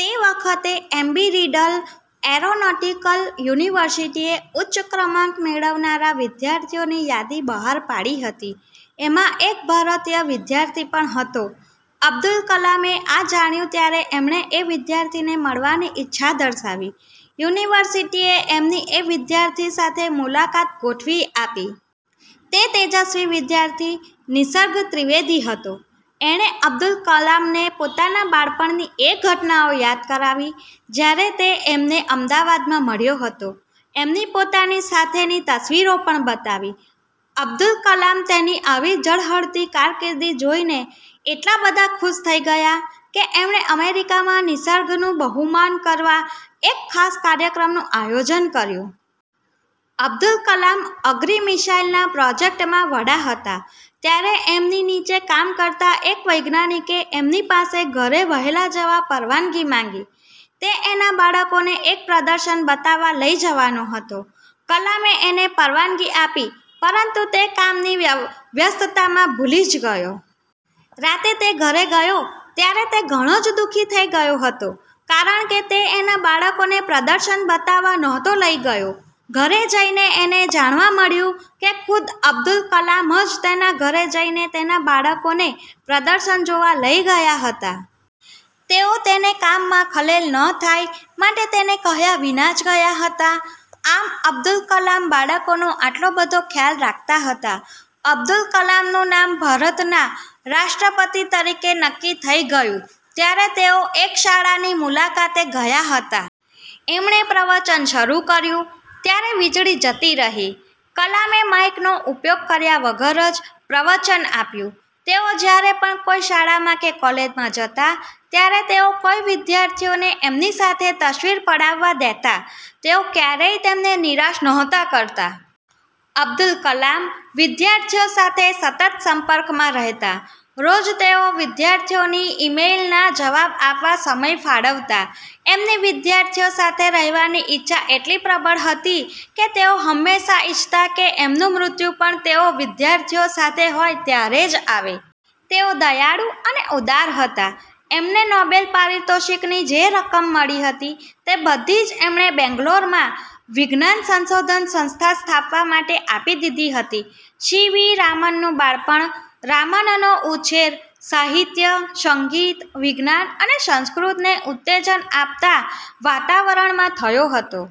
તે વખતે એમ્બી riddle aeronautical યુનિવર્સીટીએ ઉચ્ચ ક્રમાંક મેળવનારા વિદ્યાર્થીઓની યાદી બહાર પાડી હતી. એમાં એક ભારતીય વિદ્યાર્થી પણ હતો. અબ્દુલ કલામે આ જાણ્યું ત્યારે એમણે એ વિદ્યાર્થીને મળવાની ઈચ્છા દર્શાવી. યુનિવર્સીટીએ એમની એ વિદ્યાર્થી સાથે મુલાકાત ગોઠવી આપી. તે તેજસ્વી વિદ્યાર્થી નિસર્ગ ત્રિવેદી હતો! એણે અબ્દુલ કલામને પોતાના બાળપણની એ ઘટનાઓ યાદ કરાવી જયારે તે એમને અમદાવાદમાં મળ્યો હતો. એમની પોતાની સાથેની તસવીરો પણ બતાવી. અબ્દુલ કલામ તેની આવી ઝળહળતી કારકિર્દી જોઈને એટલા બધા ખુશ થઇ ગયા કે એમણે અમેરિકામાં નિસર્ગનું બહુમાન કરવા એક ખાસ કાર્યક્રમનું આયોજન કર્યું. અબ્દુલ કલામ અગ્નિ મિસાઈલના પ્રોજેક્ટમાં વડા હતા ત્યારે એમની નીચે કામ કરતા એક વૈજ્ઞાનિકે એમની પાસે ઘરે વહેલા જવા પરવાનગી માંગી. તે એના બાળકોને એક પ્રદર્શન બતાવવા લઇ જવાનો હતો. કલામે એને પરવાનગી આપી પરંતુ તે કામની વ્યસ્તતામાં ભૂલી જ ગયો. રાતે તે ઘરે ગયો ત્યારે તે ઘણો જ દુઃખી થઈ ગયો હતો કારણકે તે એના બાળકોને પ્રદર્શન બતાવવા નહોતો લઇ ગયો. ઘરે જઈને એને જાણવા મળ્યું કે ખુદ અબ્દુલ કલામ જ તેના ઘરે જઈને તેના બાળકોને પ્રદર્શન જોવા લઇ ગયા હતા! તેઓ તેને કામમાં ખલેલ ન થાય માટે તેને કહ્યા વિના જ ગયા હતા. આમ અબ્દુલ કલામ બાળકોનો આટલો બધો ખ્યાલ રાખતા હતા. અબ્દુલ કલામનું નામ ભારતના રાષ્ટ્રપતિ તરીકે નક્કી થઇ ગયું ત્યારે તેઓ એક શાળાની મુલાકાતે ગયા હતા. એમણે પ્રવચન શરુ કર્યું ત્યારે વીજળી જતી રહી. કલામે માઈકનો ઉપયોગ કર્યા વગર જ પ્રવચન આપ્યું. તેઓ જયારે પણ કોઈ શાળામાં કે કોલેજમાં જતા ત્યારે તેઓ વિદ્યાર્થીઓને એમની સાથે તસ્વીર પડાવવા દેતા. તેઓ ક્યારેય તેમને નિરાશ નહોતા કરતા. અબ્દુલ કલામ વિદ્યાર્થીઓ સાથે સતત સંપર્કમાં રહેતા. રોજ તેઓ વિદ્યાર્થીઓની ઇમેઇલના જવાબ આપવા સમય ફાળવતા. એમની વિદ્યાર્થીઓ સાથે રહેવાની ઈચ્છા એટલી પ્રબળ હતી કે તેઓ હંમેશા ઇચ્છતા કે એમનું મૃત્યુ પણ તેઓ વિદ્યાર્થીઓ સાથે હોય ત્યારે જ આવે. તેઓ દયાળુ અને ઉદાર હતા. એમને નોબેલ પારિતોષિકની જે રકમ મળી હતી તે બધી જ એમણે બેન્ગલોરમાં વિજ્ઞાન સંશોધન સંસ્થા સ્થાપવા માટે આપી દીધી હતી. સી વી રામનનું બાળપણ રામનનો ઉછેર સાહિત્ય, સંગીત, વિજ્ઞાન અને સંસ્કૃતને ઉત્તેજન આપતા વાતાવરણમાં થયો હતો.